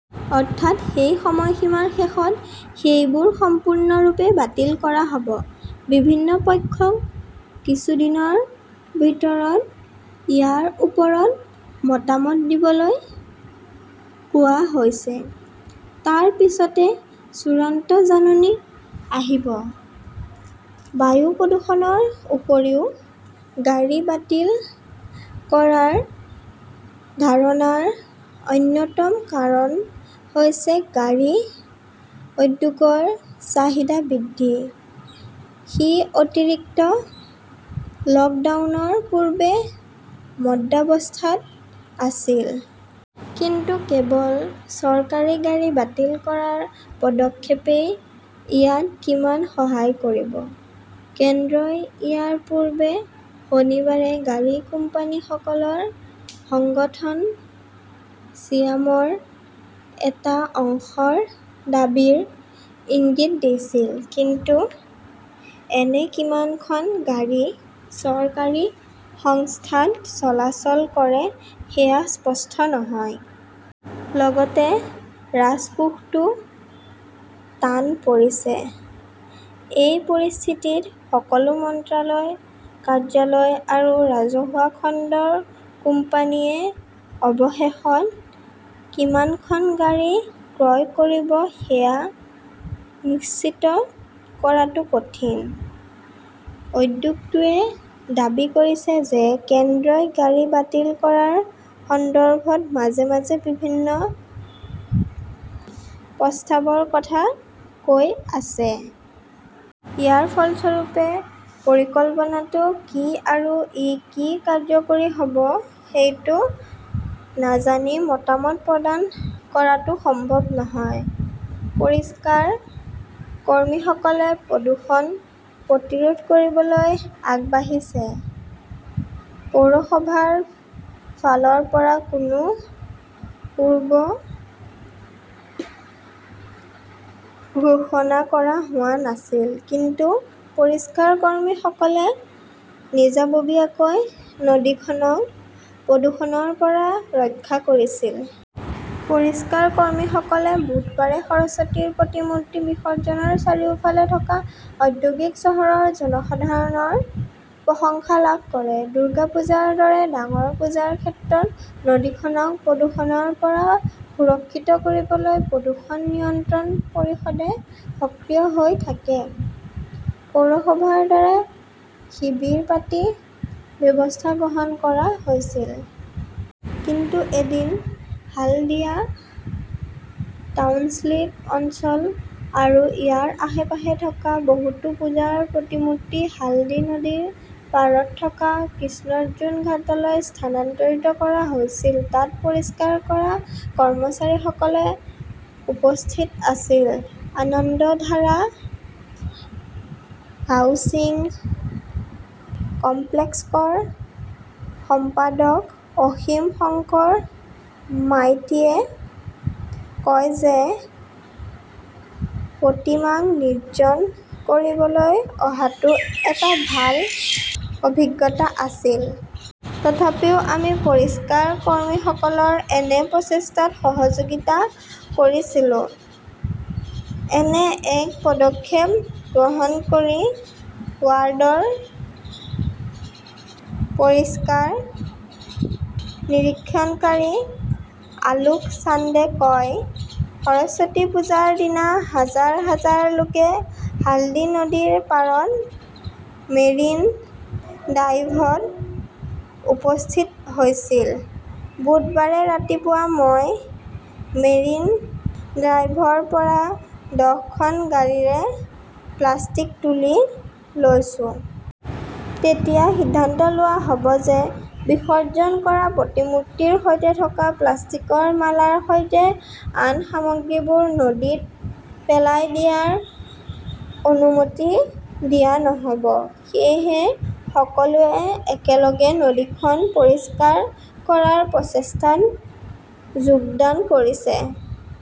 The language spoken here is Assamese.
অৰ্থাৎ, সেই সময়সীমাৰ শেষত সেইবোৰ সম্পূৰ্ণৰূপে বাতিল কৰা হ'ব। বিভিন্ন পক্ষক কিছুদিনৰ ভিতৰত ইয়াৰ ওপৰত মতামত দিবলৈ কোৱা হৈছে। তাৰ পিছতে চূড়ান্ত জাননী আহিব। বায়ু প্ৰদূষণৰ উপৰিও, গাড়ী বাতিল কৰাৰ ধাৰণাৰ অন্যতম কাৰণ হৈছে গাড়ী উদ্যোগৰ চাহিদা বৃদ্ধি, যি অতিৰিক্ত লকডাউনৰ পূৰ্বে মন্দাৱস্থাত আছিল। কিন্তু কেৱল চৰকাৰী গাড়ী বাতিল কৰাৰ পদক্ষেপই ইয়াত কিমান সহায় কৰিব? কেন্দ্ৰই ইয়াৰ পূৰ্বে শনিবাৰে গাড়ী কোম্পানীসমূহৰ সংগঠন ছিয়ামৰ এটা অংশৰ দাবীৰ ইংগিত দিছিল। কিন্তু এনে কিমানখন গাড়ী চৰকাৰী সংস্থাত চলাচল কৰে সেয়া স্পষ্ট নহয়। লগতে ৰাজকোষতো টান পৰিছে। এই পৰিস্থিতিত সকলো মন্ত্ৰালয়, কাৰ্যালয় আৰু ৰাজহুৱা খণ্ডৰ কোম্পানীয়ে অৱশেষত কিমানখন গাড়ী ক্ৰয় কৰিব সেয়া নিশ্চিত কৰাটো কঠিন। উদ্যোগটোৱে দাবী কৰিছে যে কেন্দ্ৰই গাড়ী বাতিল কৰাৰ সন্দৰ্ভত মাজে মাজে বিভিন্ন প্ৰস্তাৱৰ কথা কৈ আছে। ইয়াৰ ফলস্বৰূপে পৰিকল্পনাটো কি আৰু ই কি কাৰ্যকৰী হ 'ব সেইটো নাজানি মতামত প্ৰদান কৰাটো সম্ভৱ নহয়। পৰিষ্কাৰ কৰ্মীসকলে প্ৰদূষণ প্ৰতিৰোধ কৰিবলৈ আগবাঢ়িছে পৌৰসভাৰ ফালৰ পৰা কোনো পূৰ্ব ঘোষণা কৰা হোৱা নাছিল। কিন্তু পৰিষ্কাৰ কৰ্মচাৰীসকলে নিজাববীয়াকৈ নদীখনক প্ৰদূষণৰ পৰা ৰক্ষা কৰিছিল। পৰিষ্কাৰ কৰ্মচাৰীসকলে বুধবাৰে সৰস্বতীৰ প্ৰতিমূৰ্তি বিসৰ্জনৰ চাৰিওফালে থকা ঔদ্যোগিক চহৰৰ জনসাধাৰণৰ প্ৰশংসা লাভ কৰে। দুৰ্গা পূজাৰ দৰে ডাঙৰ পূজাৰ ক্ষেত্ৰত নদীখনক প্ৰদূষণৰ পৰা সুৰক্ষিত কৰিবলৈ প্ৰদূষণ নিয়ন্ত্ৰণ পৰিষদে সক্ৰিয় হৈ থাকে। পৌৰসভাৰ দ্বাৰা শিবিৰ পাতি ব্যৱস্থা গ্ৰহণ কৰা হৈছিল। কিন্তু এদিন হালদিয়া টাউনশ্বিপ অঞ্চল আৰু ইয়াৰ আশে-পাশে থকা বহুতো পূজাৰ প্ৰতিমূৰ্তি হালদী নদীৰ পাৰত থকা কৃষ্ণৰ্জুন ঘাটলৈ স্থানান্তৰিত কৰা হৈছিল। তাত পৰিষ্কাৰ কৰা কৰ্মচাৰীসকল উপস্থিত আছিল। আনন্দধাৰা হাউচিং কমপ্লেক্সৰ সম্পাদক অসীম শংকৰ মাইতীয়ে কয় যে প্ৰতিমাক নিৰ্জন কৰিবলৈ অহাটো এটা ভাল অভিজ্ঞতা আছিল। তথাপিও আমি পৰিষ্কাৰ কৰ্মীসকলৰ এনে প্ৰচেষ্টাত সহযোগিতা কৰিছিলো। এনে এক পদক্ষেপ গ্ৰহণ কৰি ৱাৰ্ডৰ পৰিষ্কাৰ নিৰীক্ষণকাৰী আলোক চান্দে কয়, সৰস্বতী পূজাৰ দিনা হাজাৰ হাজাৰ লোকে হালদী নদীৰ পাৰত মেৰিন ড্ৰাইভত উপস্থিত হৈছিল। বুধবাৰে ৰাতিপুৱা মই মেৰিন ড্ৰাইভৰ পৰা দহখন গাড়ীৰে প্লাষ্টিক তুলি লৈছো। তেতিয়া সিদ্ধান্ত লোৱা হয় যে বিসৰ্জন কৰা প্ৰতিমূৰ্তিৰ সৈতে থকা প্লাষ্টিকৰ মালাৰ সৈতে আন সামগ্ৰীবোৰ নদীত পেলাই দিয়াৰ অনুমতি দিয়া নহ'ব। সেয়েহে সকলোৱে একেলগে নদীখন পৰিষ্কাৰ কৰাৰ প্ৰচেষ্টাত যোগদান কৰিছে।